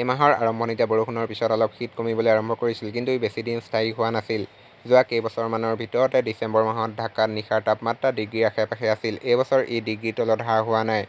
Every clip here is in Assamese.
এই মাহৰ আৰম্ভণিতে বৰষুণৰ পিছত অলপ শীত কমিবলৈ আৰম্ভ কৰিছিল। কিন্তু ই বেছি দিন স্থায়ী হোৱা নাছিল। যোৱা কেইবছৰমানৰ ভিতৰত ডিচেম্বৰ মাহত ঢাকাত নিশাৰ তাপমাত্ৰা ডিগ্ৰীৰ আশে-পাশে আছিল। এই বছৰ ই ডিগ্ৰীৰ তলত হ্ৰাস হোৱা নাই।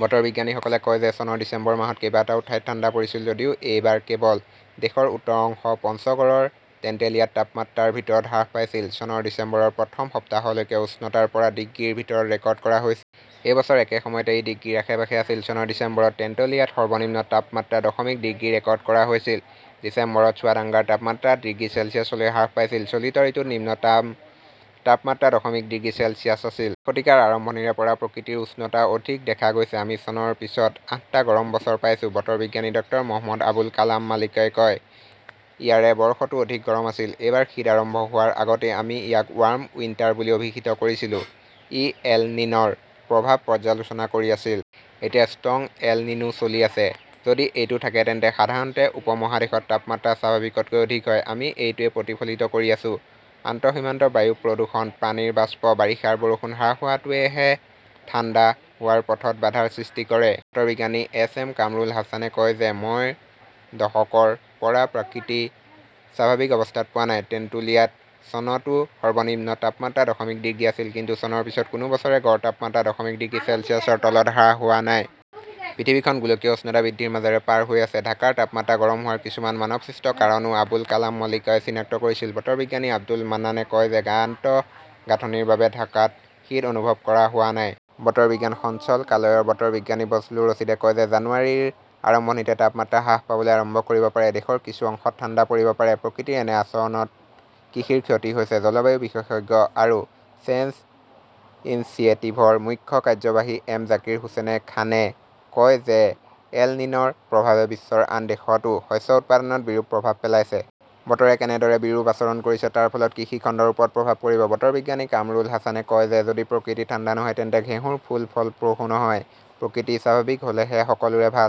বতৰ বিজ্ঞানীসকলে কয় যে চনৰ ডিচেম্বৰ মাহত কেইবাটাও ঠাইত ঠাণ্ডা পৰিছিল যদিও এইবাৰ কেৱল দেশৰ উত্তৰ অংশ পঞ্চগড়ৰ তেন্তুলিয়াত তাপমাত্ৰা ৰ ভিতৰত হ্ৰাস পাইছিল। চনৰ ডিচেম্বৰৰ প্ৰথম সপ্তাহলৈকে উষ্ণতা ৰ পৰা ডিগ্ৰীৰ ভিতৰত ৰেকৰ্ড কৰা হৈছিল। এই বছৰ একে সময়তে ই ডিগ্ৰীৰ আশে-পাশে আছিল। চনৰ ডিচেম্বৰত তেন্তুলিয়াত সৰ্বনিম্ন তাপমাত্ৰা দশমিক ডিগ্ৰী ৰেকৰ্ড কৰা হৈছিল; ডিচেম্বৰত চুৱাদাংগাৰ তাপমাত্ৰা ডিগ্ৰী চেলছিয়াছলৈ হ্ৰাস পাইছিল। চলিত ঋতুত নিম্নতম তাপমাত্ৰা দশমিক ডিগ্ৰী চেলছিয়াছ আছিল। এই শতিকাৰ আৰম্ভণিৰে পৰা প্ৰকৃতিত উষ্ণতা অধিক দেখা গৈছে। আমি চনৰ পিছত আঠটা গৰম বছৰ পাইছো ", বতৰ বিজ্ঞানী ডাঃ মহম্মদ আবুল কালাম মল্লিকই কয়। ইয়াৰে বৰ্ষটো অধিক গৰম আছিল। এইবাৰ শীত আৰম্ভ হোৱাৰ আগতেই আমি ইয়াক ৱাৰ্ম উইণ্টাৰ বুলি অভিহিত কৰিছিলো; ই এল নিন "ৰ প্ৰভাৱ পৰ্যালোচনা কৰি আছিল। এতিয়া ষ্ট্ৰং এল নিনো চলি আছে। যদি এইটো থাকে তেন্তে সাধাৰণতে উপমহাদেশত তাপমাত্ৰা স্বাভাৱিকতকৈ অধিক হয়, আমি এইটোৱেই প্ৰতিফলিত কৰি আছো। আন্তঃসীমান্ত বায়ু প্ৰদূষণ, পানীৰ বাষ্প, বাৰিষাৰ বৰষুণ হ্ৰাস হোৱাটোৱে ঠাণ্ডা হোৱাৰ পথত বাধাৰ সৃষ্টি কৰে। বতৰ বিজ্ঞানী এছ এম কামৰুল হাছানে কয় যে মই ৰ দশকৰ পৰা প্ৰকৃতি স্বাভাৱিক অৱস্থাত পোৱা নাই। টেন্টুলিয়াত চনতও সৰ্বনিম্ন তাপমাত্ৰা দশমিক ডিগ্ৰী আছিল। কিন্তু চনৰ পিছত কোনো বছৰে গড় তাপমাত্ৰা দশমিক ডিগ্ৰী চেলছিয়াছৰ তলত হ্ৰাস হোৱা নাই। পৃথিৱীখন গোলকীয় উষ্ণতা বৃদ্ধিৰ মাজেৰে পাৰ হৈ আছে। ঢাকাৰ তাপমাত্ৰা গৰম হোৱাৰ কিছুমান মানৱসৃষ্ট কাৰণও আবুল কালাম মল্লিকই চিনাক্ত কৰিছিল। বতৰ বিজ্ঞানী আব্দুল মান্নানে কয় যে আন্তঃগাঁথনিৰ বাবে ঢাকাত শীত অনুভৱ কৰা হোৱা নাই। বতৰ বিজ্ঞান সঞ্চালকালয়ৰ বতৰ বিজ্ঞানী বজলুৰ ৰছিদে কয় যে জানুৱাৰীৰ আৰম্ভণিতে তাপমাত্ৰা হ্ৰাস পাবলৈ আৰম্ভ কৰিব পাৰে। দেশৰ কিছু অংশত ঠাণ্ডা পৰিব পাৰে। প্ৰকৃতিৰ এনে আচৰণত কৃষিৰ ক্ষতি হৈছে। জলবায়ু বিশেষজ্ঞ আৰু চেঞ্জ ইনিচিয়েটিভৰ মুখ্য কাৰ্যবাহী এম জাকিৰ হোসেন খানে কয় যে এল নিন "ৰ প্ৰভাৱে বিশ্বৰ আন দেশতো শস্য উৎপাদনত বিৰূপ প্ৰভাৱ পেলাইছে। বতৰে কেনেদৰে বিৰূপ আচৰণ কৰিছে তাৰ ফলত কৃষি খণ্ডৰ ওপৰত প্ৰভাৱ পৰিব। বতৰ বিজ্ঞানী কামৰুল হাছানে কয় যে যদি প্ৰকৃতি ঠাণ্ডা নহয় তেন্তে ঘেঁহুৰ ফুল ফলপ্ৰসূ নহয়। প্ৰকৃতি স্বাভাৱিক হ "লে সকলোৰে ভাল।